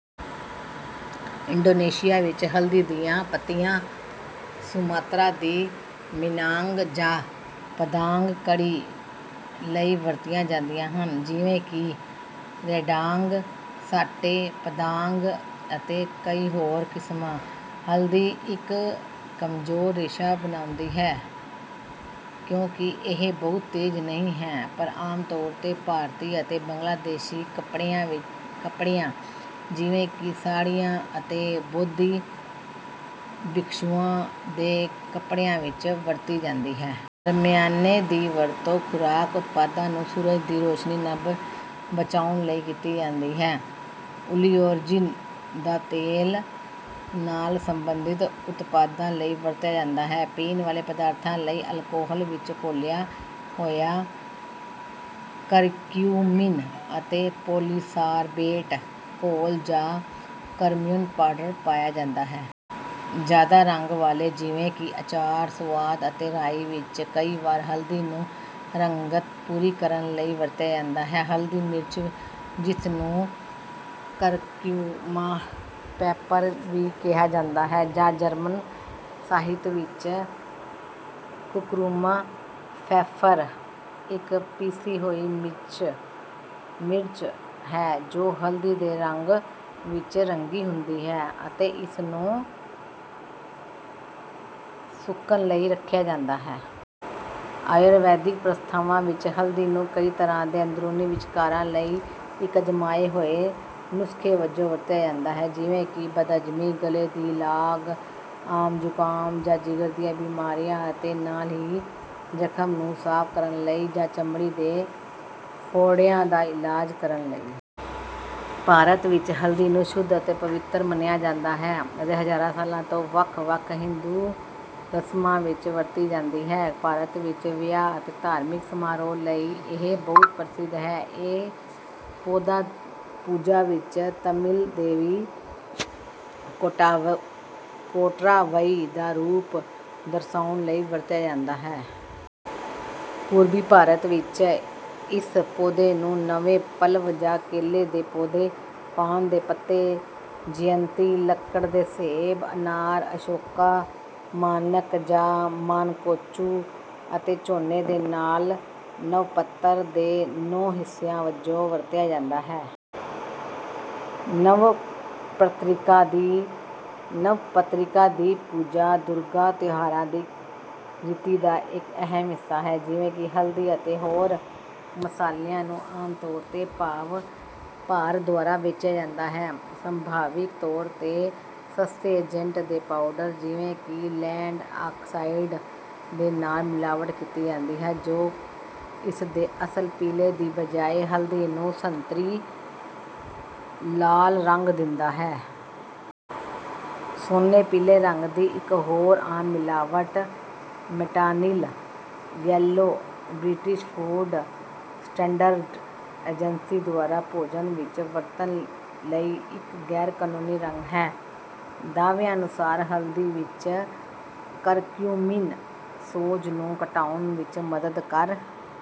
Indonesia ਵਿੱਚ, ਹਲਦੀ ਦੀਆਂ ਪੱਤੀਆਂ ਸੁਮਾਤਰਾ ਦੀ ਮਿਨਾਂਗ ਜਾਂ ਪਦਾਂਗ ਕੜ੍ਹੀ ਲਈ ਵਰਤੀਆਂ ਜਾਂਦੀਆਂ ਹਨ, ਜਿਵੇਂ ਕਿ ਰੈਂਡਾਂਗ, ਸਾਟੇ ਪਦਾਂਗ ਅਤੇ ਕਈ ਹੋਰ ਕਿਸਮਾਂ। ਹਲਦੀ ਇੱਕ ਕਮਜ਼ੋਰ ਰੇਸ਼ਾ ਬਣਾਉਂਦੀ ਹੈ, ਕਿਉਂਕਿ ਇਹ ਬਹੁਤ ਤੇਜ਼ ਨਹੀਂ ਹੈ, ਪਰ ਆਮ ਤੌਰ 'ਤੇ ਭਾਰਤੀ ਅਤੇ ਬੰਗਲਾਦੇਸ਼ੀ ਕੱਪੜਿਆਂ, ਜਿਵੇਂ ਕਿ ਸਾੜ੍ਹੀਆਂ ਅਤੇ ਬੋਧੀ ਭਿਕਸ਼ੂਆਂ ਦੇ ਕੱਪੜਿਆਂ ਵਿੱਚ ਵਰਤੀ ਜਾਂਦੀ ਹੈ। ਦਰਮਿਆਨੇ ਦੀ ਵਰਤੋਂ ਖੁਰਾਕ ਉਤਪਾਦਾਂ ਨੂੰ ਸੂਰਜ ਦੀ ਰੌਸ਼ਨੀ ਤੋਂ ਬਚਾਉਣ ਲਈ ਕੀਤੀ ਜਾਂਦੀ ਹੈ। ਓਲੀਓਰੇਜ਼ਿਨ ਦਾ ਤੇਲ ਨਾਲ ਸਬੰਧਿਤ ਉਤਪਾਦਾਂ ਲਈ ਵਰਤਿਆ ਜਾਂਦਾ ਹੈ। ਪੀਣ ਵਾਲੇ ਪਦਾਰਥਾਂ ਲਈ ਅਲਕੋਹਲ ਵਿੱਚ ਘੋਲਿਆ ਹੋਇਆ ਕਰਕਿਊਮਿਨ ਅਤੇ ਪੋਲੀਸਾਰਬੇਟ ਘੋਲ ਜਾਂ ਕਰਕਿਊਮਿਨ ਪਾਊਡਰ ਵਰਤਿਆ ਜਾਂਦਾ ਹੈ। ਜ਼ਿਆਦਾ ਰੰਗ ਵਾਲੇ, ਜਿਵੇਂ ਕਿ ਅਚਾਰ, ਸੁਆਦ ਅਤੇ ਰਾਈ ਵਿੱਚ, ਕਈ ਵਾਰ ਹਲਦੀ ਨੂੰ ਰੰਗਤ ਪੂਰੀ ਕਰਨ ਲਈ ਵਰਤਿਆ ਜਾਂਦਾ ਹੈ। ਹਲਦੀ ਮਿਰਚ, ਜਿਸ ਨੂੰ ਕਰਕਿਊਮਾ ਪੈਪਰ ਵੀ ਕਿਹਾ ਜਾਂਦਾ ਹੈ ਜਾਂ ਜਰਮਨ ਸਾਹਿਤ ਵਿੱਚ ਕੁਰਕੁਮਾਪਫੈਫਰ, ਇੱਕ ਪੀਸੀ ਹੋਈ ਮਿਰਚ ਹੈ ਜੋ ਹਲਦੀ ਦੇ ਰੰਗ ਵਿੱਚ ਰੰਗੀ ਹੁੰਦੀ ਹੈ ਅਤੇ ਇਸ ਨੂੰ ਸੁੱਕਣ ਲਈ ਰੱਖਿਆ ਜਾਂਦਾ ਹੈ। ਆਯੁਰਵੈਦਿਕ ਪ੍ਰਥਾਵਾਂ ਵਿੱਚ, ਹਲਦੀ ਨੂੰ ਕਈ ਤਰ੍ਹਾਂ ਦੇ ਅੰਦਰੂਨੀ ਵਿਕਾਰਾਂ ਲਈ ਇੱਕ ਅਜ਼ਮਾਏ ਹੋਏ ਨੁਸਖੇ ਵਜੋਂ ਵਰਤਿਆ ਜਾਂਦਾ ਹੈ, ਜਿਵੇਂ ਕਿ ਬਦਹਜ਼ਮੀ, ਗਲੇ ਦੀ ਲਾਗ, ਆਮ ਜ਼ੁਕਾਮ ਜਾਂ ਜਿਗਰ ਦੀਆਂ ਬਿਮਾਰੀਆਂ, ਅਤੇ ਨਾਲ ਹੀ ਜ਼ਖ਼ਮ ਨੂੰ ਸਾਫ਼ ਕਰਨ ਲਈ ਜਾਂ ਚਮੜੀ ਦੇ ਫੋੜਿਆਂ ਦਾ ਇਲਾਜ ਕਰਨ ਲਈ। ਭਾਰਤ ਵਿੱਚ ਹਲਦੀ ਨੂੰ ਸ਼ੁੱਧ ਅਤੇ ਪਵਿੱਤਰ ਮੰਨਿਆ ਜਾਂਦਾ ਹੈ ਅਤੇ ਹਜ਼ਾਰਾਂ ਸਾਲਾਂ ਤੋਂ ਵੱਖ-ਵੱਖ ਹਿੰਦੂ ਰਸਮਾਂ ਵਿੱਚ ਵਰਤੀ ਜਾਂਦੀ ਹੈ। ਭਾਰਤ ਵਿੱਚ ਵਿਆਹ ਅਤੇ ਧਾਰਮਿਕ ਸਮਾਰੋਹਾਂ ਲਈ ਇਹ ਬਹੁਤ ਪ੍ਰਸਿੱਧ ਹੈ। ਇਹ ਪੌਦਾ ਪੂਜਾ ਵਿੱਚ ਤਾਮਿਲ ਦੇਵੀ ਕੋਟਰਾਵਈ ਦਾ ਰੂਪ ਦਰਸਾਉਣ ਲਈ ਵੀ ਵਰਤਿਆ ਜਾਂਦਾ ਹੈ। ਪੂਰਬੀ ਭਾਰਤ ਵਿੱਚ, ਇਸ ਪੌਦੇ ਨੂੰ ਨਵੇਂ ਪੱਲਵ ਜਾਂ ਕੇਲੇ ਦੇ ਪੌਦੇ, ਪਾਨ ਦੇ ਪੱਤੇ, ਜਯੰਤੀ, ਲੱਕੜ ਦੇ ਸੇਬ, ਅਨਾਰ, ਅਸ਼ੋਕਾ, ਮਾਨਕ ਜਾਂ ਮਾਨਕੋਚੂ ਅਤੇ ਝੋਨੇ ਦੇ ਨਾਲ ਨਵਪੱਤਰ ਦੇ ਨੌਂ ਹਿੱਸਿਆਂ ਵਜੋਂ ਵਰਤਿਆ ਜਾਂਦਾ ਹੈ। ਨਵਪੱਤ੍ਰਿਕਾ ਦੀ ਪੂਜਾ ਦੁਰਗਾ ਤਿਉਹਾਰਾਂ ਦੀ ਰੀਤੀ ਦਾ ਇੱਕ ਅਹਿਮ ਹਿੱਸਾ ਹੈ। ਜਿਵੇਂ ਹੀ ਹਲਦੀ ਅਤੇ ਹੋਰ ਮਸਾਲਿਆਂ ਨੂੰ ਆਮ ਤੌਰ 'ਤੇ ਭਾਰ ਦੁਆਰਾ ਵੇਚਿਆ ਜਾਂਦਾ ਹੈ, ਸੰਭਾਵਿਤ ਤੌਰ 'ਤੇ ਸਸਤੇ ਏਜੰਟ ਦੇ ਪਾਊਡਰ, ਜਿਵੇਂ ਕਿ ਲੈੱਡ ਆਕਸਾਈਡ ਦੇ ਨਾਲ ਮਿਲਾਵਟ ਕੀਤੀ ਜਾਂਦੀ ਹੈ, ਜੋ ਇਸ ਦੇ ਅਸਲ ਪੀਲੇ ਦੀ ਬਜਾਏ ਹਲਦੀ ਨੂੰ ਸੰਤਰੀ-ਲਾਲ ਰੰਗ ਦਿੰਦਾ ਹੈ। ਸੋਨੇ-ਪੀਲੇ ਰੰਗ ਦੀ ਇੱਕ ਹੋਰ ਆਮ ਮਿਲਾਵਟ, metanil yellow, British Food Standards Agency ਦੁਆਰਾ ਭੋਜਨ ਵਿੱਚ ਵਰਤਣ ਲਈ ਇੱਕ ਗੈਰ-ਕਾਨੂੰਨੀ ਰੰਗ ਹੈ। ਦਾਅਵਿਆਂ ਅਨੁਸਾਰ ਹਲਦੀ ਵਿੱਚ ਕਰਕਿਊਮਿਨ ਸੋਜ ਨੂੰ ਘਟਾਉਣ ਵਿੱਚ ਮਦਦ ਕਰ